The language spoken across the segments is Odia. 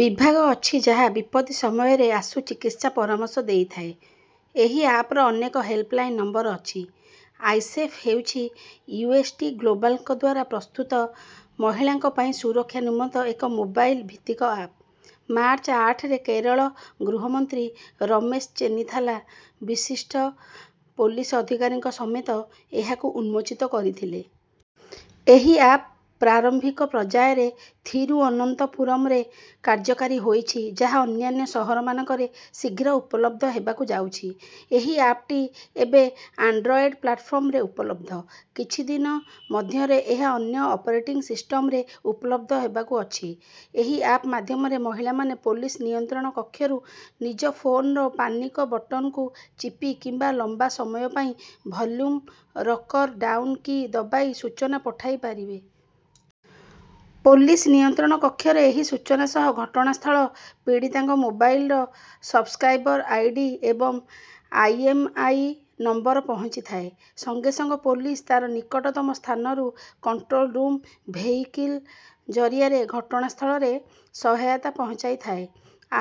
ବିଭାଗ ଅଛି ଯାହା ବିପତ୍ତି ସମୟରେ ଆଶୁ ଚିକିତ୍ସା ପରାମର୍ଶ ଦେଇଥାଏ। ଏହି ଆପର ଅନେକ ହେଲ୍ପଲାଇନ ନମ୍ବର ଅଛି। ଆଇ ସେଫ ହେଉଛି ୟୁଏସଟି ଗ୍ଲୋବାଲଙ୍କ ଦ୍ୱାରା ପ୍ରସ୍ତୁତ ମହିଳାଙ୍କ ପାଇଁ ସୁରକ୍ଷା ନିମନ୍ତେ ଏକ ମୋବାଇଲ ଭିତ୍ତିକ ଆପ। ମାର୍ଚ୍ଚ ଆଠ ରେ କେରଳ ଗୃହମନ୍ତ୍ରୀ ରମେଶ ଚେନିଥାଲା ବିଶିଷ୍ଟ ପୋଲିସ ଅଧିକାରୀଙ୍କ ସମେତ ଏହାକୁ ଉନ୍ମୋଚିତ କରିଥିଲେ। ଏହି ଆପ ପ୍ରାରମ୍ଭିକ ପର୍ଯ୍ୟାୟରେ ଥିରୁଅନନ୍ତପୁରମରେ କାର୍ଯ୍ୟକାରୀ ହୋଇଛି ଯାହା ଅନ୍ୟାନ୍ୟ ସହରମାନଙ୍କରେ ଶୀଘ୍ର ଉପଲବ୍ଧ ହେବାକୁ ଯାଉଛି। ଏହି ଆପଟି ଏବେ ଆଣ୍ଡରଏଡ ପ୍ଲାଟଫର୍ମରେ ଉପଲବ୍ଧ। କିଛି ଦିନ ମଧ୍ୟରେ ଏହା ଅନ୍ୟ ଅପରେଟିଂ ସିଷ୍ଟମରେ ଉପଲବ୍ଧ ହେବାକୁ ଅଛି। ଏହି ଆପ ମାଧ୍ୟମରେ ମହିଳାମାନେ ପୋଲିସ ନିୟନ୍ତ୍ରଣ କକ୍ଷକୁ ନିଜ ଫୋନର ପାନିକ ବଟନକୁ ଚିପି କିମ୍ବା ଲମ୍ବା ସମୟ ପାଇଁ ଭଲ୍ୟୁମ ରକର ଡାଉନ କି ଦବାଇ ସୂଚନା ପଠାଇପାରିବେ। ପୋଲିସ ନିୟନ୍ତ୍ରଣ କକ୍ଷରେ ଏହି ସୂଚନା ସହ ଘଟଣାସ୍ଥଳ, ପୀଡିତାଙ୍କ ମୋବାଇଲର ସବସ୍କ୍ରାଇବର ଆଇଡି ଏବଂ ଆଇଏମଇଆଇ ନମ୍ବର ପହଞ୍ଚିଥାଏ। ସଙ୍ଗେ ସଙ୍ଗେ ପୋଲିସ ତାର ନିକଟତମ ସ୍ଥାନରୁ କଣ୍ଟ୍ରୋଲ ରୁମ ଭେହିକିଲ ଜରିଆରେ ଘଟଣାସ୍ଥଳରେ ସହାୟତା ପହଞ୍ଚାଇଥାଏ।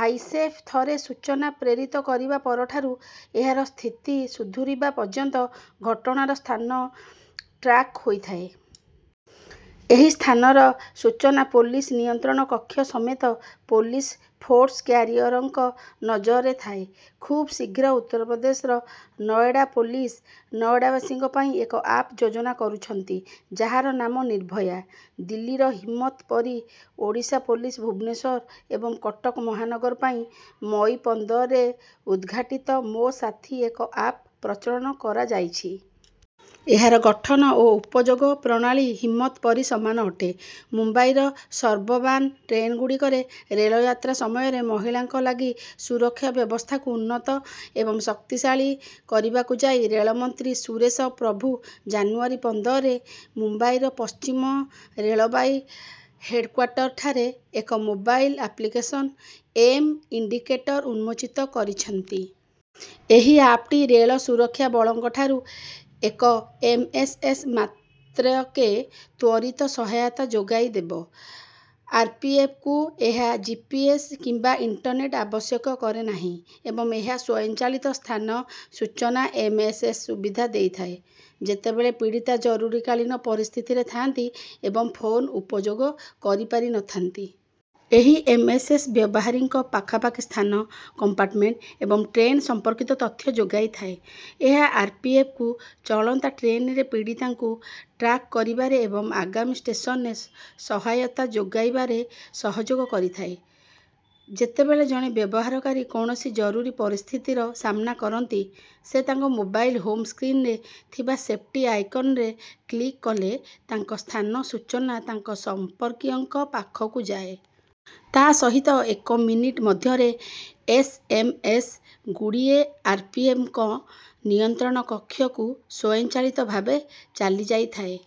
ଆଇ ସେଫ ଥରେ ସୂଚନା ପ୍ରେରିତ କରିବା ପରଠାରୁ ଏହାର ସ୍ଥିତି ସୁଧୁରିବା ପର୍ଯ୍ୟନ୍ତ ଘଟଣାର ସ୍ଥାନ ଟ୍ରାକ ହେଉଥାଏ। ଏହି ସ୍ଥାନର ସୂଚନା ପୋଲିସ ନିୟନ୍ତ୍ରଣ କକ୍ଷ ସମେତ ପୋଲିସ ଫୋର୍ସ କ୍ୟାରିଅରଙ୍କ ନଜରରେ ଥାଏ। ଖୁବ ଶୀଘ୍ର ଉତ୍ତରପ୍ରଦେଶର ନଏଡା ପୋଲିସ ନଏଡାବାସୀଙ୍କ ପାଇଁ ଏକ ଆପ ଯୋଜନା କରୁଛନ୍ତି ଯାହାର ନାମ ନିର୍ଭୟା। ଦିଲ୍ଲୀର ହିମ୍ମତ ପରି ଓଡ଼ିଶା ପୋଲିସ ଭୁବନେଶ୍ୱର ଏବଂ କଟକ ମହାନଗର ପାଇଁ ମଇ ପନ୍ଦର ରେ ଉଦ୍ଘାଟିତ ମୋ ସାଥୀ ଏକ ଆପ ପ୍ରଚଳନ କରାଯାଇଛି। ଏହାର ଗଠନ ଓ ଉପଯୋଗ ପ୍ରଣାଳୀ ହିମ୍ମତ ପରି ସମାନ ଅଟେ। ମୁମ୍ବାଇର ସବର୍ବାନ ଟ୍ରେନଗୁଡ଼ିକରେ ରେଳଯାତ୍ରା ସମୟରେ ମହିଳାଙ୍କ ଲାଗି ସୁରକ୍ଷା ବ୍ୟବସ୍ଥାକୁ ଉନ୍ନତ ଏବଂ ଶକ୍ତିଶାଳୀ କରିବାକୁ ଯାଇ ରେଳମନ୍ତ୍ରୀ ସୁରେଶ ପ୍ରଭୁ ଜାନୁଆରୀ ପନ୍ଦର ରେ ମୁମ୍ବାଇର ପଶ୍ଚିମ ରେଳବାଇ ହେଡକ୍ୱାର୍ଟରଠାରେ ଏକ ମୋବାଇଲ ଆପ୍ଲିକେସନ ଏମ ଇଣ୍ଡିକେଟର ଉନ୍ମୋଚନ କରିଛନ୍ତି। ଏହି ଆପଟି ରେଳ ସୁରକ୍ଷା ବଳଙ୍କଠାରୁ ଏକ ଏସଏମଏସ ମାତ୍ରକେ ତ୍ୱରିତ ସହାୟତା ଯୋଗାଇଦେବ। ଆରପିଏଫକୁ ଏହା ଜିପିଏସ କିମ୍ବା ଇଣ୍ଟରନେଟ ଆବଶ୍ୟକ କରେନାହିଁ ଏବଂ ଏହା ସ୍ୱୟଂଚାଳିତ ସ୍ଥାନ ସୂଚନା ଏସଏମଏସ ସୁବିଧା ଦେଇଥାଏ ଯେତେବେଳେ ପୀଡିତା ଜରୁରୀକାଳୀନ ପରିସ୍ଥିତିରେ ଥାଆନ୍ତି ଏବଂ ଫୋନ ଉପଯୋଗ କରିପାରିନଥାନ୍ତି। ଏହି ଏସଏମଏସ ବ୍ୟବହାରକାରୀଙ୍କ ପାଖାପାଖି ସ୍ଥାନ, କମ୍ପାର୍ଟମେଣ୍ଟ ଏବଂ ଟ୍ରେନ ସମ୍ପର୍କିତ ତଥ୍ୟ ଯୋଗାଇଥାଏ। ଏହା ଆରପିଏଫକୁ ଚଳନ୍ତା ଟ୍ରେନରେ ପୀଡିତାଙ୍କୁ ଟ୍ରାକ କରିବାରେ ଏବଂ ଆଗାମୀ ଷ୍ଟେସନରେ ସହାୟତା ଯୋଗାଇବାରେ ସହଯୋଗ କରିଥାଏ। ଯେତେବେଳେ ଜଣେ ବ୍ୟବହାରକାରୀ କୌଣସି ଜରୁରୀ ପରିସ୍ଥିତିର ସାମ୍ନା କରନ୍ତି ସେ ତାଙ୍କ ମୋବାଇଲ ହୋମ ସ୍କ୍ରିନରେ ଥିବା ସେଫଟି ଆଇକନରେ କ୍ଲିକ କଲେ ତାଙ୍କ ସ୍ଥାନ ସୂଚନା ତାଙ୍କ ସମ୍ପର୍କୀୟଙ୍କ ପାଖକୁ ଯାଏ। ତା ସହିତ ଏକ ମିନିଟ ମଧ୍ୟରେ ଏସଏମଏସ ଗୁଡ଼ିଏ ଆରପିଏଫଙ୍କ ନିୟନ୍ତ୍ରଣ କକ୍ଷକୁ ସ୍ୱୟଂଚାଳିତ ଭାବେ ଚାଲିଯାଇଥାଏ।